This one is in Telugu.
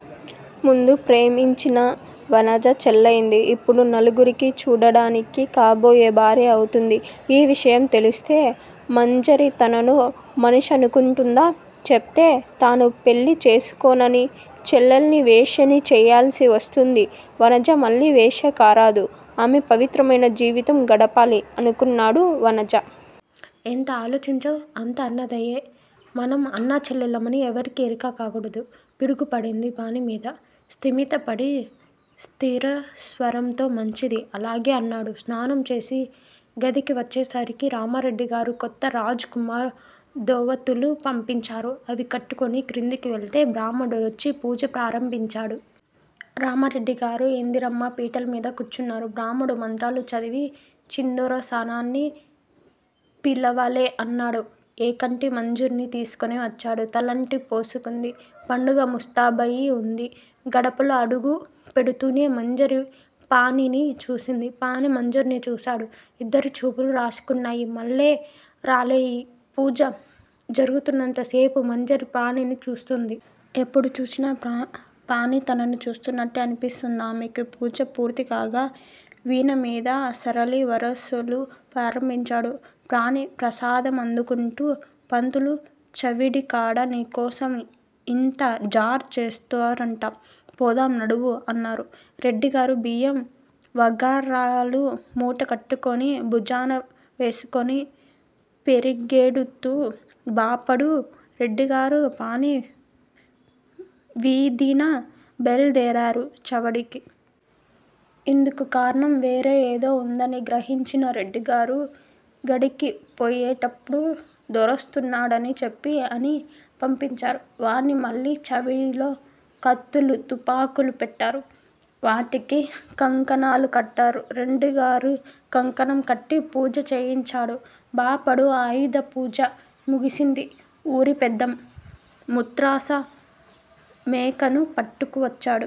ముందు ప్రేమించిన వనజ చెల్లెఇంది. ఇప్పుడు నలుగురికీ చూడ్డానికి కాబోయే భార్య అవుతుంది. ఈ విషయం తెలుస్తే మంజరి తనను మనిషనుకుంటుందా? చెప్తే తాను పెళ్ళి చేసుకోనని! చెల్లెల్ను వేశ్యను చేయాల్సివస్తుంది. వనజ మళ్ళీ వేశ్య కారాదు. ఆమె పవిత్రమైన జీవితం గడపాలి అనుకున్నాడు. వనజ! ఎంత ఆలోచించావ్? అంతా అన్నదయే. మనం అన్నా, చెల్లెళ్ళమని ఎవ్వరికి ఎరిక కాకూడదు. పిడుగు పడింది పాణిమీద. స్తిమితపడి స్థిరస్వరంతో, మంచిది, అలాగే అన్నాడు. స్నానం చేసి గదికి వచ్చేసరికి రామారెడ్డిగారు కొత్త రాజ్ కుమార్ ధోవతులు పంపించారు. అవి కట్టుకొని క్రిందికి వెళ్తే బ్రాహ్మణుడొచ్చి పూజ ప్రారంభించాడు. రామారెడ్డిగారు. ఇందిరమ్మ పీటలమీద కూర్చున్నారు. బ్రాహ్మడు మంత్రాలుచదివి చిందొరసానా న్ని పిలవాలె అన్నాడు. ఎంకటి మంజరిని తీసుకొని వచ్చాడు. తలంటి పోసుకుంది. పండుగ ముస్తాబయి ఉంది. గడపలో అడుగు పెడ్తూనే మంజరి పాణిని చూచింది. పాణి మంజరిని చూచాడు. ఇద్దరి చూపులు రాచుకున్నాయి. మల్లె రాలేయి. పూజ జరుగుతున్నంతసేపూ మంజరి పాణిని చూస్తుంది ది. ఎప్పుడు చూచినా పాణి పాణి తనను చూస్తునట్లే అనిపించిందామెకు. పూజ పూర్తికాగా వీణమీద సరళి వరుసలు ప్రారంభించాడు పాణి. ప్రసాదం అందుకుంటూ పంతులూ! చవిడికాడ నీకోసం ఇంతజార్ చేస్తారంట, పోదం నడువు అన్నారు రెడ్డిగారు. బియ్యం వగైరాలు మూటకట్టుకొని భుజాన వేసుకొని పెరిగెడుతూ బాపడు. రెడ్డిగారూ, పాణి వీధిన బయల్దేరారు చవడికి. ఇందుక్కారణం వేరే ఏదో ఉందని గ్రహించిన రెడ్డిగారు గడీకి పోయేటప్పుడు దొరొస్తున్నాడని చెప్పి అని పంపించారు వాణ్ని మళ్ళీ. చావిడిలో కత్తులూ, తుపాకులూ పెట్టారు. వాటికి కంకణాలు కట్టారు. రెడ్డిగారి కంకణం కట్టి పూజ చేయించాడు బాపడు. ఆయుధపూజ ముగిసింది. ఊరిపెద్ద ముత్రాస మేకను పట్టుకొనివచ్చాడు.